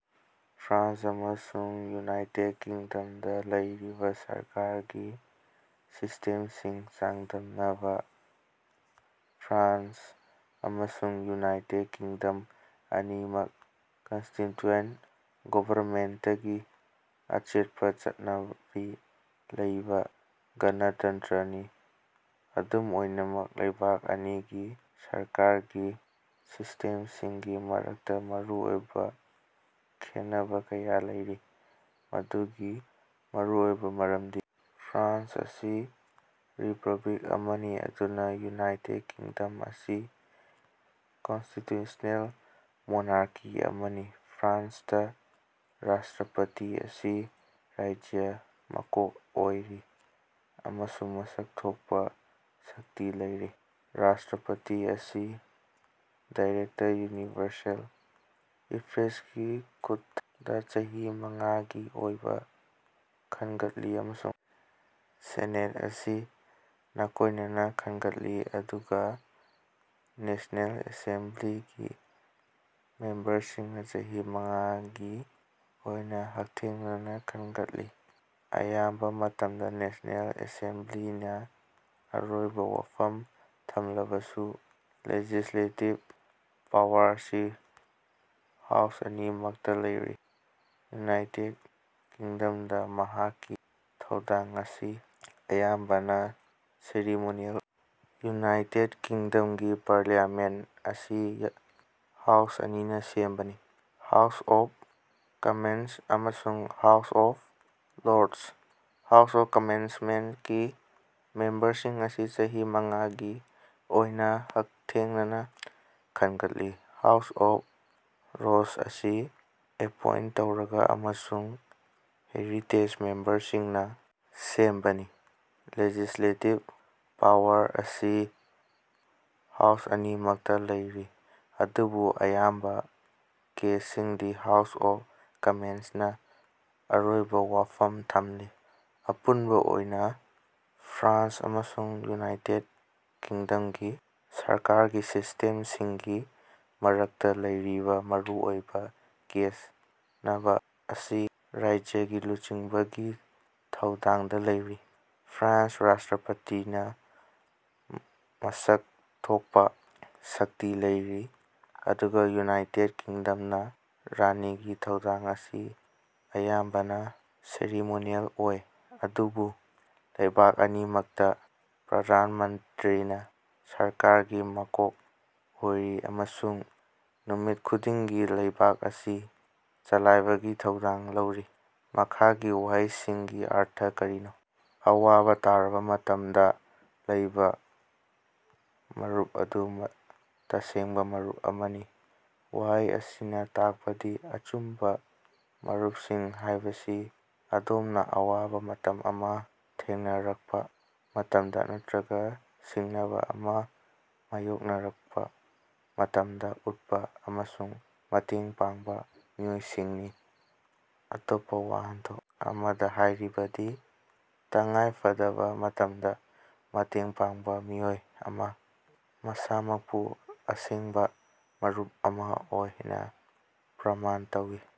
France ꯑꯃꯁꯨꯡ United ꯀꯤꯡꯗꯝꯗ ꯂꯩꯔꯤꯕ ꯁꯔꯀꯥꯔꯒꯤ ꯁꯤꯁꯇꯦꯝꯁꯤꯡ ꯆꯥꯡꯗꯝꯅꯕ- ꯐ꯭ꯔꯥꯟꯁ ꯑꯃꯁꯨꯡ ꯌꯨꯅꯥꯏꯇꯦꯗ ꯀꯤꯡꯗꯝ ꯑꯅꯤꯃꯛ ꯀꯟꯁꯇꯤꯇ꯭ꯌꯨꯁ꯭ꯅꯦꯜ ꯒꯣꯚꯔꯟꯃꯦꯟꯇꯀꯤ ꯑꯆꯦꯠꯄ ꯆꯠꯅꯕꯤ ꯂꯩꯕ ꯒꯅꯇꯟꯇ꯭ꯔꯅꯤ꯫ ꯑꯗꯨꯝ ꯑꯣꯏꯅꯃꯛ ꯂꯩꯕꯥꯛ ꯑꯅꯤꯒꯤ ꯁꯔꯀꯥꯔꯒꯤ ꯁꯤꯁ꯭ꯇꯦꯝꯁꯤꯡꯒꯤ ꯃꯔꯛꯇ ꯃꯔꯨꯑꯣꯏꯕ ꯈꯦꯠꯅꯕ ꯀꯌꯥ ꯂꯩꯔꯤ꯫ ꯃꯗꯨꯒꯤ ꯃꯔꯨꯑꯣꯏꯕ ꯃꯔꯝꯗꯤ ꯐ꯭ꯔꯥꯟꯁ ꯑꯁꯤ ꯔꯤꯄꯕ꯭ꯂꯤꯛ ꯑꯃꯅꯤ ꯑꯗꯨꯒ ꯌꯨꯅꯥꯏꯇꯦꯗ ꯀꯤꯡꯗꯝ ꯑꯁꯤ ꯀꯟꯁꯇꯤꯇ꯭ꯌꯨꯁ꯭ꯅꯦꯜ ꯃꯣꯅꯥꯔꯀꯤ ꯑꯃꯅꯤ꯫ ꯐ꯭ꯔꯥꯟꯁꯇ ꯔꯥꯁꯇ꯭ꯔꯄꯇꯤ ꯑꯁꯤ ꯔꯥꯖ꯭ꯌꯥꯒꯤ ꯃꯀꯣꯛ ꯑꯣꯏꯔꯤ ꯑꯃꯁꯨꯡ ꯃꯁꯛ ꯊꯣꯛꯄ ꯁꯛꯇꯤ ꯂꯩꯔꯤ꯫ ꯔꯥꯁꯇ꯭ꯔꯄꯇꯤ ꯑꯁꯤ ꯗꯥꯏꯔꯦꯛꯇ ꯌꯨꯅꯤꯚꯔꯁꯦꯜ ꯁꯐ꯭ꯔꯦꯖꯒꯤ ꯈꯨꯠꯊꯥꯡꯗ ꯆꯍꯤ ꯃꯉꯥꯒꯤ ꯑꯣꯏꯅ ꯈꯟꯒꯠꯂꯤ ꯑꯃꯁꯨꯡ ꯁꯦꯅꯦꯠ ꯑꯁꯤ ꯅꯥꯀꯣꯏꯅꯅ ꯈꯟꯒꯠꯂꯤ ꯑꯗꯨꯒ ꯅꯦꯁ꯭ꯅꯦꯜ ꯑꯦꯁꯦꯝꯕ꯭ꯂꯤꯒꯤ ꯃꯦꯝꯕꯔꯁꯤꯡꯅ ꯆꯍꯤ ꯃꯉꯥꯒꯤ ꯑꯣꯏꯅ ꯍꯛꯊꯦꯡꯅꯅ ꯈꯟꯒꯠꯂꯤ꯫ ꯑꯌꯥꯝꯕ ꯃꯇꯝꯗ ꯅꯦꯁ꯭ꯅꯦꯜ ꯑꯦꯁꯦꯝꯕ꯭ꯂꯤꯅ ꯑꯔꯣꯏꯕ ꯋꯥꯐꯝ ꯊꯝꯂꯕꯁꯨ ꯂꯦꯖꯤꯁ꯭ꯂꯦꯇꯤꯚ ꯄꯥꯋꯔ ꯑꯁꯤ ꯍꯥꯎꯁ ꯑꯅꯤꯃꯛꯇ ꯂꯩꯔꯤ꯫ ꯌꯨꯅꯥꯏꯇꯦꯗ ꯀꯤꯡꯗꯝꯗ ꯃꯍꯥꯛꯀꯤ ꯊꯧꯗꯥꯡ ꯑꯁꯤ ꯑꯌꯥꯝꯕꯅ ꯁꯦꯔꯤꯃꯣꯅꯤꯑꯦꯜ ꯌꯨꯅꯥꯏꯇꯦꯗ ꯀꯤꯡꯗꯝꯒꯤ ꯄꯥꯔꯂꯤꯌꯥꯃꯦꯟꯇ ꯑꯁꯤ ꯍꯥꯎꯁ ꯑꯅꯤꯅ ꯁꯦꯝꯕꯅꯤ: ꯍꯥꯎꯁ ꯑꯣꯐ ꯀꯝꯃꯟꯁ ꯑꯃꯁꯨꯡ House of Lords. House of ꯀꯝꯃꯟꯁꯀꯤ ꯃꯦꯝꯕꯔꯁꯤꯡ ꯑꯁꯤ ꯆꯍꯤ ꯃꯉꯥꯒꯤ ꯑꯣꯏꯅ ꯍꯛꯊꯦꯡꯅꯅ ꯈꯟꯒꯠꯂꯤ꯫ ꯍꯥꯎꯁ ꯑꯣꯐ ꯂꯣꯔꯗꯁ ꯑꯁꯤ ꯑꯦꯄꯣꯏꯟꯇ ꯇꯧꯔꯕ ꯑꯃꯁꯨꯡ ꯍꯦꯔꯤꯇꯦꯖ ꯃꯦꯝꯕꯔꯁꯤꯡꯅ ꯁꯦꯝꯕꯅꯤ꯫ ꯂꯦꯖꯤꯁ꯭ꯂꯦꯇꯤꯚ ꯄꯥꯋꯔ ꯑꯁꯤ ꯍꯥꯎꯁ ꯑꯅꯤꯃꯛꯇ ꯂꯩꯔꯤ ꯑꯗꯨꯕꯨ ꯑꯌꯥꯝꯕ ꯀꯦꯁꯁꯤꯡꯗ ꯍꯥꯎꯁ ꯑꯣꯐ ꯀꯝꯃꯟꯁꯅ ꯑꯔꯣꯏꯕ ꯋꯥꯐꯝ ꯊꯝꯂꯤ꯫ ꯑꯄꯨꯟꯕ ꯑꯣꯏꯅ ꯐ꯭ꯔꯥꯟꯁ ꯑꯃꯁꯨꯡ ꯌꯨꯅꯥꯏꯇꯦꯗ ꯀꯤꯡꯗꯝꯒꯤ ꯁꯔꯀꯥꯔꯒꯤ ꯁꯤꯁ꯭ꯇꯦꯝꯁꯤꯡꯒꯤ ꯃꯔꯛꯇ ꯂꯩꯔꯤꯕ ꯃꯔꯨꯑꯣꯏꯕ ꯈꯦꯠꯅꯕ ꯑꯁꯤ ꯔꯥꯖ꯭ꯌꯥꯒꯤ ꯂꯨꯆꯤꯡꯕꯒꯤ ꯊꯧꯗꯥꯡꯗ ꯂꯩꯔꯤ꯫ ꯐ꯭ꯔꯥꯟꯁꯇ ꯔꯥꯁꯇ꯭ꯔꯄꯇꯤꯅ ꯃꯁꯛ ꯊꯣꯛꯄ ꯁꯛꯇꯤ ꯂꯩꯔꯤ ꯑꯗꯨꯒ ꯌꯨꯅꯥꯏꯇꯦꯗ ꯀꯤꯡꯗꯝꯗ ꯔꯥꯅꯤꯒꯤ ꯊꯧꯗꯥꯡ ꯑꯁꯤ ꯑꯌꯥꯝꯕꯅ ꯁꯦꯔꯤꯃꯣꯅꯤꯑꯦꯜ ꯑꯣꯏ꯫ ꯑꯗꯨꯕꯨ ꯂꯩꯕꯥꯛ ꯑꯅꯤꯃꯛꯇ ꯄ꯭ꯔꯙꯥꯟ ꯃꯟꯇ꯭ꯔꯤꯅ ꯁꯔꯀꯥꯔꯒꯤ ꯃꯀꯣꯛ ꯑꯣꯏꯔꯤ ꯑꯃꯁꯨꯡ ꯅꯨꯃꯤꯠ ꯈꯨꯗꯤꯡꯒꯤ ꯂꯩꯕꯥꯛ ꯑꯁꯤ ꯆꯂꯥꯏꯕꯒꯤ ꯊꯧꯗꯥꯡ ꯂꯧꯔꯤ꯫ ꯃꯈꯥꯒꯤ ꯋꯥꯍꯩ ꯑꯁꯤꯒꯤ ꯑꯔꯊ ꯀꯔꯤꯅꯣ? "ꯑꯋꯥꯕ ꯇꯥꯔꯕ ꯃꯇꯝꯗ ꯂꯩꯕ ꯃꯔꯨꯞ ꯑꯗꯨ ꯇꯁꯦꯡꯕ ꯃꯔꯨꯞ ꯑꯃꯅꯤ"꯫ ꯋꯥꯍꯩ ꯑꯁꯤꯅ ꯇꯥꯛꯄꯗꯤ ꯑꯆꯨꯝꯕ ꯃꯔꯨꯞꯁꯤꯡ ꯍꯥꯏꯕꯁꯤ ꯑꯗꯣꯝꯅ ꯑꯋꯥꯕ ꯃꯇꯝ ꯑꯃ ꯊꯦꯡꯅꯔꯛꯄ ꯃꯇꯝꯗ ꯅꯠꯇ꯭ꯔꯒ ꯁꯤꯡꯅꯕ ꯑꯃ ꯃꯥꯏꯌꯣꯛꯅꯔꯄ ꯃꯇꯝꯗ ꯎꯠꯄ ꯑꯃꯁꯨꯡ ꯃꯇꯦꯡ ꯄꯥꯡꯕ ꯃꯤꯑꯣꯏꯁꯤꯡꯅꯤ꯫ ꯑꯇꯣꯞꯄ ꯋꯥꯍꯟꯊꯣꯛ ꯑꯃꯗ ꯍꯥꯏꯔꯕꯗꯤ, ꯇꯉꯥꯏꯐꯗꯕ ꯃꯇꯝꯗ ꯃꯇꯦꯡ ꯄꯥꯡꯕ ꯃꯤꯑꯣꯏ ꯑꯃꯅ ꯃꯁꯥꯃꯛꯄꯨ ꯑꯁꯦꯡꯕ ꯃꯔꯨꯞ ꯑꯃ ꯑꯣꯏꯅ ꯄ꯭ꯔꯃꯥꯟ ꯇꯧꯏ꯫